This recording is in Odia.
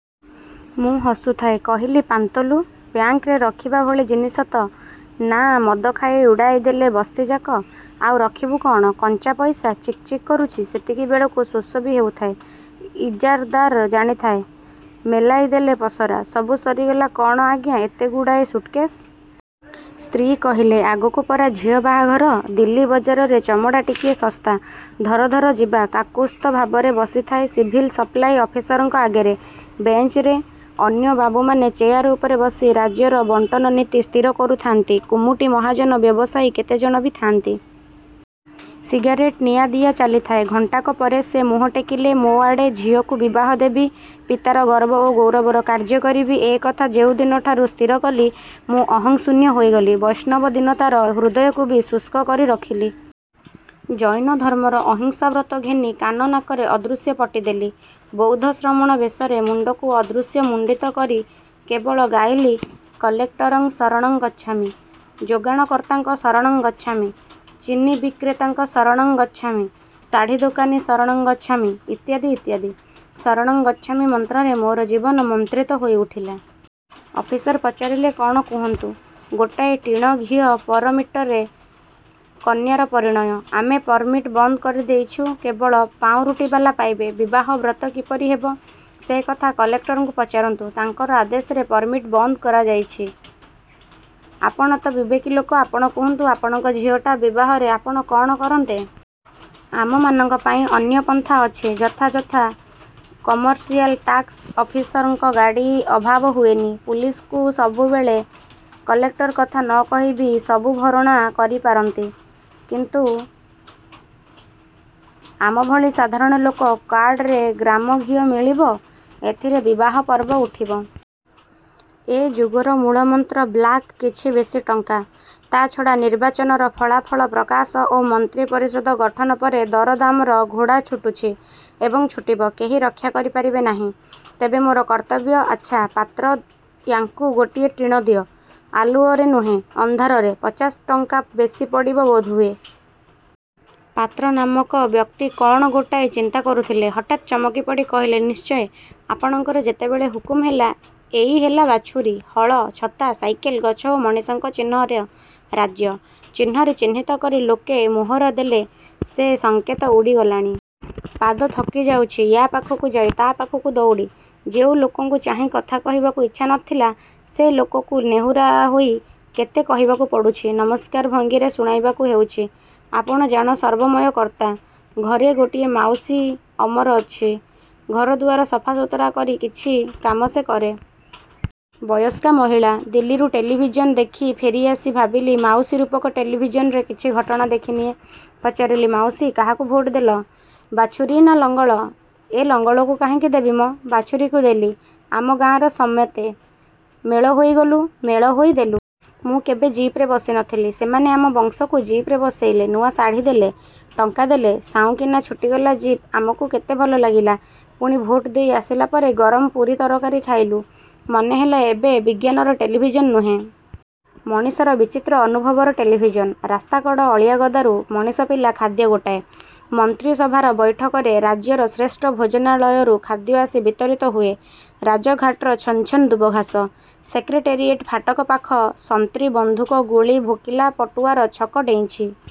ମୁଁ ହସୁଥାଏ… କହିଲି–ପାନ୍ତଲୁ, ବ୍ୟାଙ୍କ୍ରେ ରଖିବା ଭଳି ଜିନିଷ ତ? ନା ମଦଖାଇ ଉଡ଼ାଇଦେଲ ବସ୍ତିଯାକ? -ଆଉ ରଖିବୁ କଅଣ? କଞ୍ଚା ପଇସା, ଚିକ୍ ଚିକ୍ କରୁଛି… ସେତିକିବେଳକୁ ଶୋଷ ବି ହେଉଥାଏ… ଇଜାର୍ଦାର ଜାଣିଥାଏ… ମେଲାଇଦେଲେ ପସରା… ସବୁ ସରିଗଲା କଅଣ ଆଜ୍ଞା, ଏତେଗୁଡ଼ାଏ ସୁଟକେଶ୍? ସ୍ତ୍ରୀ କହିଲେ–ଆଗକୁ ପରା ଝିଅ ବାହାଘର–ଦିଲ୍ଲୀ ବଜାରରେ ଚମଡ଼ା ଟିକିଏ ଶସ୍ତା… ଧର ଧର ଯିବା। କାକୁସ୍ଥ ଭାବରେ ବସିଥାଏ ସିଭିଲ୍ ସପ୍ଲାଇ ଅଫିସରଙ୍କ ଆଗରେ… ବେଞ୍ଚରେ। ଅନ୍ୟ ବାବୁମାନେ ଚେୟାର ଉପରେ ବସି ରାଜ୍ୟର ବଣ୍ଟନ ନୀତି ସ୍ଥିର କରୁଥାନ୍ତି। କୁମୁଟି ମହାଜନ ବ୍ୟବସାୟୀ କେତେଜଣ ବି ଥାନ୍ତି। ସିଗାରେଟ୍ ନିଆଦିଆ ଚାଲିଥାଏ। ଘଣ୍ଟାକ ପରେ ସେ ମୁହଁ ଟେକିଲେ… ମୋ ଆଡ଼େ… ଝିଅକୁ ବିବାହ ଦେବି, ପିତାର ଗର୍ବ ଓ ଗୌରବର କାର୍ଯ୍ୟ କରିବି… ଏ କଥା ଯେଉଁଦିନଠାରୁ ସ୍ଥିରକଲି ମୁଁ ଅହଂଶୂନ୍ୟ ହୋଇଗଲି। ବୈଷ୍ଣବ ଦୀନତାର ହୃଦୟକୁ ବି ଶୁଷ୍କ କରି ରଖିଲି। ଜୈନ ଧର୍ମର ଅହିଂସା ବ୍ରତ ଘେନି କାନ ନାକରେ ଅଦୃଶ୍ୟ ପଟି ଦେଲି। ବୌଦ୍ଧ ଶ୍ରମଣ ବେଶରେ ମୁଣ୍ଡକୁ ଅଦୃଶ୍ୟ ମୁଣ୍ଡିତ କରି କେବଳ ଗାଇଲି କଲେକଟରଂ ଶରଣଂ ଗଚ୍ଛାମି ଯୋଗାଣକର୍ତ୍ତାଙ୍କ ଶରଣଂ ଗଚ୍ଛାମି ଚିନିବିକ୍ରେତାଙ୍କ ଶରଣଂ ଗଚ୍ଛାମି ଶାଢ଼ି ଦୋକାନୀ ଶରଣଂ ଗଚ୍ଛାମି ଇତ୍ୟାଦି ଇତ୍ୟାଦି ଶରଣଂ ଗଚ୍ଛାମି ମନ୍ତ୍ରରେ ମୋର ଜୀବନ ମନ୍ତ୍ରୀତ ହୋଇଉଠିଲା। ଅଫିସର ପଚାରିଲେ–କଣ କୁହନ୍ତୁ? ଗୋଟାଏ ଟିଣ ଘିଅ ପରମିଟରେ, କନ୍ୟାର ପରିଣୟ। -ଆମେ ପରମିଟ୍ ବନ୍ଦ କରିଦେଇଛୁ, କେବଳ ପାଉଁରୁଟିବାଲା ପାଇବେ। -ବିବାହ ବ୍ରତ କପରି ହେବ? -ସେ କଥା କଲେକ୍ଟରଙ୍କୁ ପଚାରନ୍ତୁ। ତାଙ୍କର ଆଦେଶରେ ପରମିଟ୍ ବନ୍ଦ କରଯାଇଛି। -ଆପଣ ତ ବିବେକୀ ଲୋକ, ଆପଣ କୁହନ୍ତୁ, ଆପଣଙ୍କ ଝିଅଟା ବିବାହରେ ଆପଣ କଅଣ କରନ୍ତେ? -ଆମମାନଙ୍କ ପାଇଁ ଅନ୍ୟ ପନ୍ଥା ଅଛି। -ଯଥା -ଯଥା କମର୍ସିଆଲ୍ ଟାକସ ଅଫିସରଙ୍କ ଗାଡ଼ି ଅଭାବ ହୁଏନି, ପୁଲିସକୁ ସବୁ ମିଳେ-କଲେକ୍ଟର କଥା ନ କହି ବି ସବୁ ଭରଣା କରପାରନ୍ତି– -କିନ୍ତୁ ଆମଭଳି ସାଧାରଣ ଲୋକ? -କାର୍ଡ଼ ରେ ଗ୍ରାମ ଘିଅ ମିଳିବ। -ଏଥିରେ ବିବାହ ପର୍ବ ଉଠିବ? -ଏ ଯୁଗର ମୂଳମନ୍ତ୍ର 'ବ୍ଲାକ୍'-କିଛି ବେଶି ଟଙ୍କା। ତା'ଛଡ଼ା ନିର୍ବାଚନର ଫଳାଫଳ ପ୍ରକାଶ ଓ ମନ୍ତ୍ରୀ ପରିଷଦ ଗଠନ ପରେ ଦରଦାମର ଘୋଡ଼ାଛୁଟିଛି ଏବଂ ଛୁଟିବ। କେହି ରକ୍ଷା କରିପାରିବେନାହିଁ। -ତେବେ ମୋର କର୍ତ୍ତବ୍ୟ? -ଆଚ୍ଛା, ପାତ୍ର! ୟାଙ୍କୁ ଗୋଟିଏ ଟିଣ ଦିଅ! ଆଲୁଅରେ ନୁହେଁ ଅନ୍ଧାରରେ… ପଚାଶ ଟଙ୍କା ବେଶି ପଡ଼ିବ ବୋଧହୁଏ? 'ପାତ୍ର' ନାମକ ବ୍ୟକ୍ତି କଅଣ ଗୋଟାଏ ଚିନ୍ତା କରୁଥିଲେ। ହଠାତ୍ ଚମକିପଡ଼ି କହିଲେ–ନିଶ୍ଚୟ… ଆପଣଙ୍କର ଯେତେବେଳେ ହୁକୁମ ହେଲା… ଏଇ ହେଲା ବାଛୁରୀ, ହଳ, ଛତା, ସାଇକେଲ, ଗଛ ଓ ମଣିଷଙ୍କ ଚିହ୍ନର ରାଜ୍ୟ। ଚିହ୍ନରେ ଚହ୍ନିତ କରି ଲୋକେ ମୋହର ଦେଲେ। ସେ ସଙ୍କେତ ଉଡ଼ିଗଲଣି। ପାଦ ଥକିଯାଉଛି, ୟା ପାଖକୁ ଯାଇ, ତା ପାଖକୁ ଦଉଡ଼ି। ଯେଉଁ ଲୋକଙ୍କୁ ଚାହିଁ କଥା କହିବାକୁ ଇଚ୍ଛା ନ ଥିଲା, ସେ ଲୋକକୁ ନେହୁରାହୋଇ କେତେ କହିବାକୁ ପଡ଼ୁଛି-ନମସ୍କାର ଭଙ୍ଗୀରେ ଶୁଣାଇବାକୁ ହେଉଛି… 'ଆପଣ ଜାଣ ସର୍ବମୟ କର୍ତ୍ତା। ' ଘରେ ଗୋଟିଏ 'ମାଉସୀ' ଅମର ଅଛି, ଘର ଦୁଆର ସଫା ସୁତୁରା କରି କିଛି କାମ ସେ କରେ। ବୟସ୍କା ମହିଳା। ଦିଲ୍ଲୀରୁ ଟେଲିଭିଜନ୍ ଦେଖି ଫେରିଆସି ଭାବିଲି ମାଉସୀରୂପକ ଟେଲିଭିଜନରେ କିଛି ଘଟଣା ଦେଖିନିଏ। ପଚାରିଲି–ମାଉସି! କାହାକୁ ଭୋଟଦେଲ? ବାଛୁରୀ ନା ଲଙ୍ଗଳ? -ଏ, ଲଙ୍ଗଳକୁ କାହିଁକି ଦେବି ମ? ବାଛୁରୀକୁ ଦେଲି। ଆମ ଗାଁର ସମତେ… ମେଳହୋଇ ଗଲୁ, ମେଳ ହୋଇ ଦେଲୁ। ମୁଁ କେବେ ଜିପରେ ବସିନଥିଲି, ସେମାନେ ଆମ ବଂଶକୁ ଜିପରେ ବସେଇଲେ, ନୂଆ ଶାଢ଼ି ଦେଲେ, ଟଙ୍କା ଦେଲେ… ସାଉଁକିନା ଛୁଟିଗଲା ଜିପ୍ ଆମକୁ କେତେ ଭଲଲାଗିଲା। ପୁଣି ଭୋଟ ଦେଇ ଆସିଲା ପରେ ଗରମ ପୁରି ତରକାରି ଖାଇଲୁ। ମନେହେଲା, ଏବେ ବିଜ୍ଞାନର ଟେଲିଭିଜନ୍ ନୁହେଁ... ମଣିଷର ବିଚିତ୍ର ଅନୁଭବର ଟେଲିଭିଜନ୍... ରାସ୍ତାକଡ଼ ଅଳିଆଗଦାରୁ ମଣିଷ ପିଲା ଖାଦ୍ୟ ଗୋଟାଏ... ମନ୍ତ୍ରୀ ସଭାର ବୈଠକରେ ରାଜ୍ୟର ଶ୍ରେଷ୍ଠ ଭୋଜନାଳୟରୁ ଖାଦ୍ୟ ଆସି ବିତରିତ ହୁଏ। ରାଜଘାଟର ଛନ୍ ଛନ୍ ଦୂବଘାସ। ସେକ୍ରେଟେରୀୟେଟ୍ ଫାଟକପାଖ ସନ୍ତ୍ରୀ... ବନ୍ଧୁକ… ଗୁଳି... ଭୋକିଲା ପଟୁଆର ଛକ ଡେଇଁଛି।